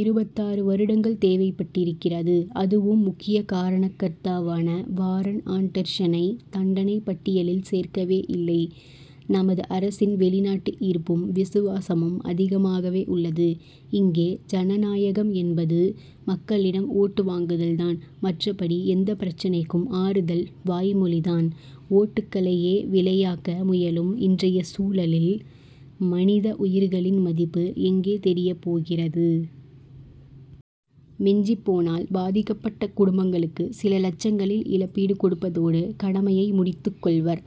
இருபத்தாறு வருடங்கள் தேவைப்பட்டிருக்கிறது. அதுவும் முக்கிய காரணகர்த்தாவான வாரன் ஆன்டர்சனை தண்டனைப் பட்டியலில் சேர்க்கவே இல்லை. நமது அரசின் வெளிநாட்டு ஈர்ப்பும் விசுவாசமும் அதிகமாகவே உள்ளது. இங்கே ஜனநாயகம் என்பது மக்களிடம் ஓட்டு வாங்குதல் தான். மற்றபடி எந்தப் பிரச்னைக்கும் ஆறுதல் வாய்மொழி தான்! ஓட்டுக்களையே விலையாக்க முயலும் இன்றைய சூழலில் மனித உயிர்களின் மதிப்பு எங்கே தெரியப் போகிறது? மிஞ்சிப் போனால் பாதிக்கப்பட்ட குடும்பங்களுக்கு சில லட்சங்களில் இழப்பீடு கொடுப்பதோடு கடமையை முடித்துக் கொள்வர்.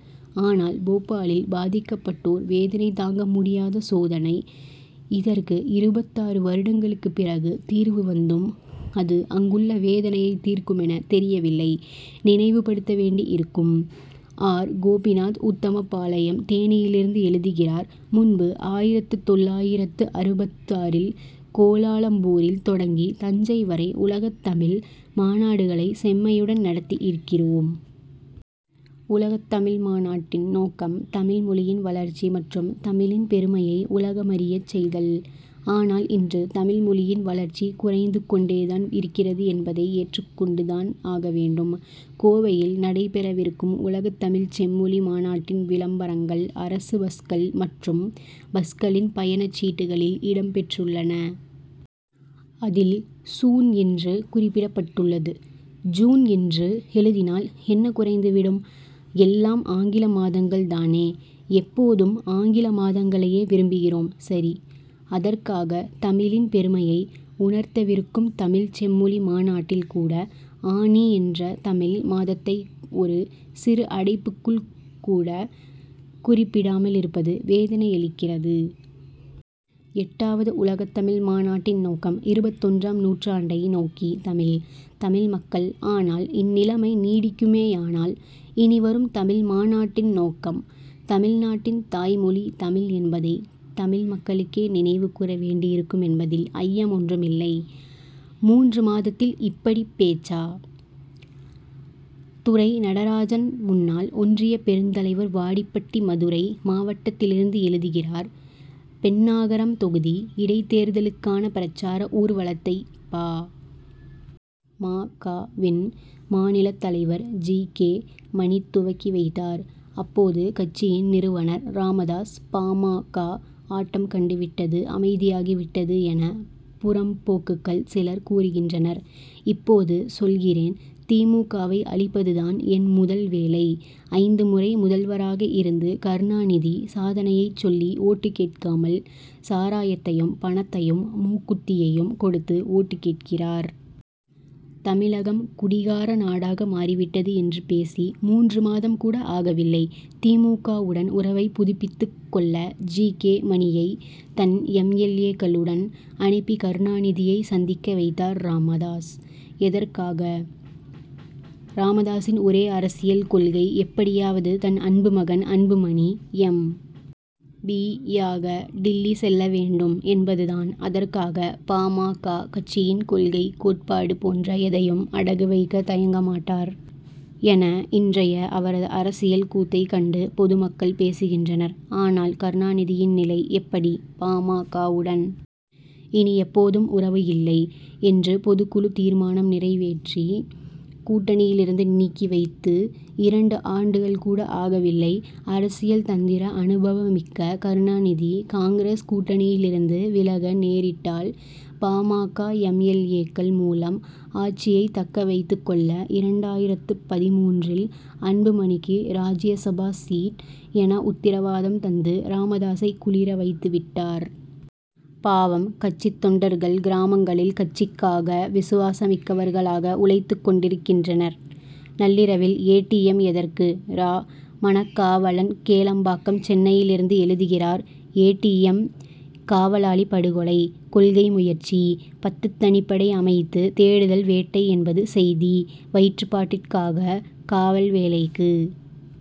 ஆனால் போபாலில் பாதிக்கப்பட்டோர் வேதனை தாங்க முடியாத சோதனை. இதற்கு இருபத்தாறு வருடங்களுக்கு பிறகு தீர்வு வந்தும் அது அங்குள்ள வேதனையை தீர்க்குமென தெரியவில்லை. நினைவுபடுத்த வேண்டியிருக்கும்! ஆர். கோபிநாத் உத்தமபாளையம் தேனியிலிருந்து எழுதுகிறார் முன்பு ஆயிரத்து தொள்ளாயிரத்து அறுபத்தாறில் கோலாலம்பூரில் தொடங்கி தஞ்சை வரை உலகத் தமிழ் மாநாடுகளை செம்மையுடன் நடத்தி இருக்கிறோம். உலகத் தமிழ் மாநாட்டின் நோக்கம் தமிழ் மொழியின் வளர்ச்சி மற்றும் தமிழின் பெருமையை உலகமறியச் செய்தல்! ஆனால் இன்று தமிழ் மொழியின் வளர்ச்சி குறைந்து கொண்டேதான் இருக்கிறது என்பதை ஏற்றுக்கொண்டுதான் ஆக வேண்டும். கோவையில் நடைபெறவிருக்கும் உலகத்தமிழ்ச் செம்மொழி மாநாட்டின் விளம்பரங்கள் அரசு பஸ்கள் மற்றும் பஸ்களின் பயணச் சீட்டுகளில் இடம் பெற்றுள்ளன. அதில் சூன் என்று குறிப்பிடப்பட்டுள்ளது. ஜூன் என்று எழுதினால் என்ன குறைந்து விடும்? எல்லாம் ஆங்கில மாதங்கள் தானே! எப்போதும் ஆங்கில மாதங்களையே விரும்புகிறோம் சரி! அதற்காக தமிழின் பெருமையை உணர்த்தவிருக்கும் தமிழ்ச் செம்மொழி மாநாட்டில் கூட ஆனி என்ற தமிழ் மாதத்தை ஒரு சிறு அடைப்புக்குள் கூட குறிப்பிடாமலிருப்பது வேதனையளிக்கிறது. எட்டாவது உலகத்தமிழ் மாநாட்டின் நோக்கம் இருபத்தொன்றாம் நூற்றாண்டை நோக்கி தமிழ் தமிழ் மக்கள்! ஆனால் இந்நிலைமை நீடிக்குமேயானால் இனிவரும் தமிழ் மாநாட்டின் நோக்கம் தமிழ்நாட்டின் தாய்மொழி தமிழ் என்பதை தமிழ் மக்களுக்கே நினைவுகூற வேண்டியிருக்குமென்பதில் ஐயம் ஒன்றுமில்லை. மூன்று மாதத்தில் இப்படிப் பேச்சா? துரை. நடராஜன் முன்னாள் ஒன்றியப் பெருந்தலைவர் வாடிப்பட்டி மதுரை மாவட்டத்திலிருந்து எழுதுகிறார் பென்னாகரம் தொகுதி இடைத்தேர்தலுக்கான பிரசார ஊர்வலத்தை பா. ம. க.வின் மாநில தலைவர் ஜி. கே. மணி துவக்கி வைத்தார். அப்போது கட்சியின் நிறுவனர் ராமதாஸ் பா. ம. க. ஆட்டம் கண்டுவிட்டது அமைதியாகிவிட்டது என புறம்போக்குகள் சிலர் கூறுகின்றனர். இப்போது சொல்கிறேன்தி. மு. க.வை அழிப்பதுதான் என் முதல் வேலை. ஐந்து முறை முதல்வராக இருந்த கருணாநிதி சாதனையைச் சொல்லி ஓட்டு கேட்காமல் சாராயத்தையும் பணத்தையும் மூக்குத்தியையும் கொடுத்து ஓட்டு கேட்கிறார். தமிழகம் குடிகார நாடாக மாறிவிட்டது' என்று பேசி மூன்று மாதம் கூட ஆகவில்லை. தி. மு. க.வுடன் உறவை புதுப்பித்துக் கொள்ள ஜி. கே. மணியை தன் எம். எல். ஏ.க்களுடன் அனுப்பி கருணாநிதியை சந்திக்க வைத்தார் ராமதாஸ். எதற்காக? ராமதாசின் ஒரே அரசியல் கொள்கை எப்படியாவது தன் அன்பு மகன் அன்புமணி எம். பி.யாக டில்லி செல்ல வேண்டும் என்பதுதான்! அதற்காக பா. ம. க. கட்சியின் கொள்கை கோட்பாடு போன்ற எதையும் அடகு வைக்க தயங்க மாட்டார்' என இன்றைய அவரது அரசியல் கூத்தை கண்டு பொதுமக்கள் பேசுகின்றனர். ஆனால் கருணாநிதியின் நிலை எப்படி? பா. ம. க.வுடன் இனி எப்போதும் உறவு இல்லை' என்று பொதுக்குழு தீர்மானம் நிறைவேற்றி கூட்டணியிலிருந்து நீக்கி வைத்து இரண்டு ஆண்டுகள் கூட ஆகவில்லை! அரசியல் தந்திர அனுபவமிக்க கருணாநிதி காங்கிரஸ் கூட்டணியிலிருந்து விலக நேரிட்டால் பா. ம. க. எம். எல். ஏக்கள் மூலம் ஆட்சியை தக்கவைத்துக் கொள்ள இரண்டாயிரத்து பதின்மூன்றில் அன்புமணிக்கு ராஜ்யசபா சீட்' என உத்தரவாதம் தந்து ராமதாசை குளிர வைத்துவிட்டார்! பாவம் கட்சித் தொண்டர்கள்கிராமங்களில் கட்சிக்காக விசுவாசமிக்கவர்களாக உழைத்துக் கொண்டிருக்கின்றனர். நள்ளிரவில் ஏ. டி. எம். எதற்கு? இரா. மனகாவலன் கேளம்பாக்கம் சென்னையிலிருந்து எழுதுகிறார் ஏ. டி. எம். காவலாளி படுகொலை. கொள்கை முயற்சி. பத்து தனிப்படை அமைத்து தேடுதல் வேட்டை என்பது செய்தி. வயிற்றுப்பாட்டிற்காக காவல் வேலைக்கு